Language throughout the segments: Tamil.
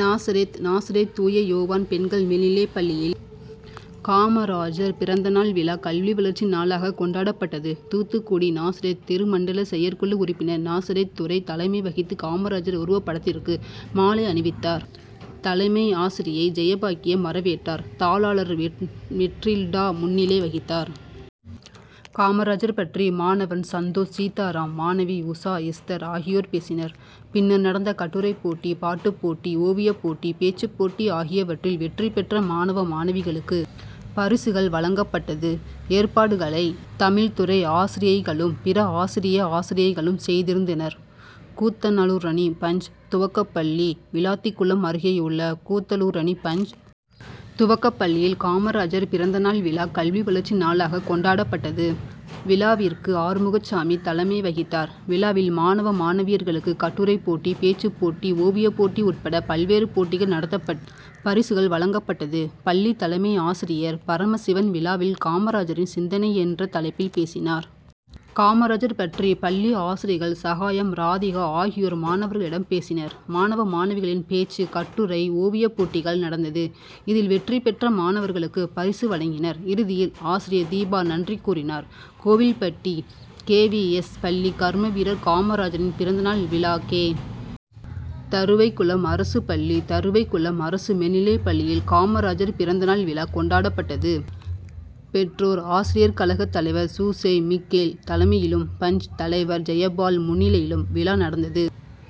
நாசரேத் நாசரேத் தூய யோவான் பெண்கள் மேல்நிலைப்பள்ளியில் காமராஜர் பிறந்தநாள் விழா கல்வி வளர்ச்சி நாளாகக் கொண்டாடப்பட்டது. தூத்துக்குடி-நாசரேத் திருமண்டல செயற்குழு உறுப்பினர் நாசரேத் துரை தலைமை வகித்து காமராஜர் உருவப்படத்திற்கு மாலை அணிவித்தார். தலைமை ஆசிரியை ஜெயபாக்கியம் வரவேற்றார். தாளாளர் மெற்றில்டா முன்னிலை வகித்தார். காமராஜர் பற்றி மாணவன் சந்தோஷ் சீதாராம் மாணவி உஷா எஸ்தர் ஆகியோர் பேசினர். பின்னர் நடந்த கட்டுரைப்போட்டி பாட்டுப்போட்டி ஓவியப்போட்டி பேச்சுப்போட்டி ஆகியவற்றில் வெற்றி பெற்ற மாணவ மாணவிகளுக்கு பரிசுகள் வழங்கப்பட்டது. ஏற்பாடுகளை தமிழ்துறை ஆசிரியைகளும் பிற ஆசிரிய ஆசிரியைகளும் செய்திருந்தனர். கூத்தநலூரணி பஞ். துவக்கப்பள்ளி விளாத்திகுளம் அருகேயுள்ள கூத்தலூர்ரணி பஞ். துவக்கப்பள்ளியில் காமராஜர் பிறந்தநாள் விழா கல்வி வளர்ச்சி நாளாகக் கொண்டாடப்பட்டது. விழாவிற்கு ஆறுமுகச்சாமி தலைமை வகித்தார். விழாவில் மாணவ மாணவியர்களுக்கு கட்டுரைப்போட்டி பேச்சுப்போட்டி ஓவியப்போட்டி உட்பட பல்வேறு போட்டிகள் நடத்தப்பட்டு பரிசுகள் வழங்கப்பட்டது. பள்ளி தலைமையாசிரியர் பரமசிவன் விழாவில் காமராஜரின் சிந்தனை என்ற தலைப்பில் பேசினார். காமராஜர் பற்றி பள்ளி ஆசிரியர்கள் சகாயம் ராதிகா ஆகியோர் மாணவர்களிடம் பேசினர். மாணவ மாணவிகளின் பேச்சு கட்டுரை ஓவியப் போட்டிகள் நடந்தது. இதில் வெற்றி பெற்ற மாணவர்களுக்கு பரிசு வழங்கினர். இறுதியில் ஆசிரியர் தீபா நன்றி கூறினார். கோவில்பட்டி கேவிஎஸ். பள்ளி கர்மவீரர் காமராஜரின் பிறந்த நாள் விழா கே. தருவைக்குளம் அரசு பள்ளி தருவைக்குளம் அரசு மேல்நிலைப்பள்ளியில் காமராஜர் பிறந்த நாள் விழா கொண்டாடப்பட்டது. பெற்றோர் ஆசிரியர் கழக தலைவர் சூசை மிக்கேல் தலைமையிலும் பஞ். தலைவர் ஜெயபால் முன்னிலையிலும் விழா நடந்தது.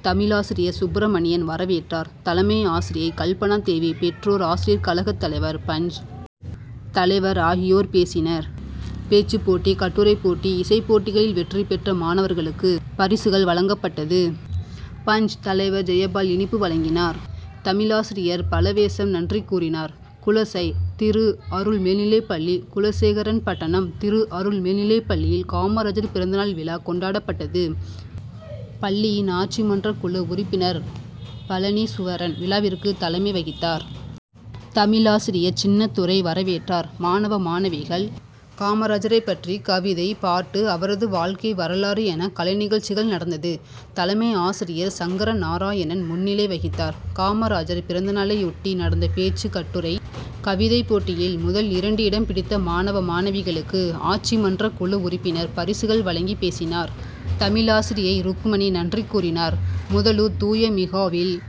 தமிழாசிரியர் சுப்பிரமணியன் வரவேற்றார். தலைமை ஆசிரியை கல்பனா தேவி பெற்றோர் ஆசிரியர் கழக தலைவர் பஞ். தலைவர் ஆகியோர் பேசினர். பேச்சுப் போட்டி கட்டுரைப் போட்டி இசைப் போட்டிகளில் வெற்றி பெற்ற மாணவர்களுக்கு பரிசுகள் வழங்கப்பட்டது. பஞ்.தலைவர் ஜெயபால் இனிப்பு வழங்கினார். தமிழாசிரியர் பலவேசம் நன்றி கூறினார். குலசை. திருஅருள் மேல்நிலைப்பள்ளி குலசேகரன்பட்டணம் திருஅருள் மேல்நிலைப்பள்ளியில் காமராஜர் பிறந்தநாள் விழா கொண்டாடப்பட்டது. பள்ளியின் ஆட்சி மன்றக்குழு உறுப்பினர் பழநீசுவரன் விழாவிற்கு தலைமை வகித்தார். தமிழாசிரியர் சின்னத்துரை வரவேற்றார். மாணவ மாணவிகள் காமராஜரைப்பற்றி கவிதை பாட்டு அவரது வாழ்க்கை வரலாறு என கலைநிகழ்ச்சிகள் நடந்தது. தலைமை ஆசிரியர் சங்கரநாராயணன் முன்னிலை வகித்தார். காமராஜர் பிறந்தநாளையொட்டி நடந்த பேச்சு கட்டுரை கவிதைப்போட்டியில் முதல் இரண்டு இடம் பிடித்த மாணவ மாணவிகளுக்கு ஆட்சிமன்றக்குழு உறுப்பினர் பரிசுகள் வழங்கி பேசினார். தமிழாசிரியை ருக்மணி நன்றி கூறினார். முதலூர் தூய மிகாவேல்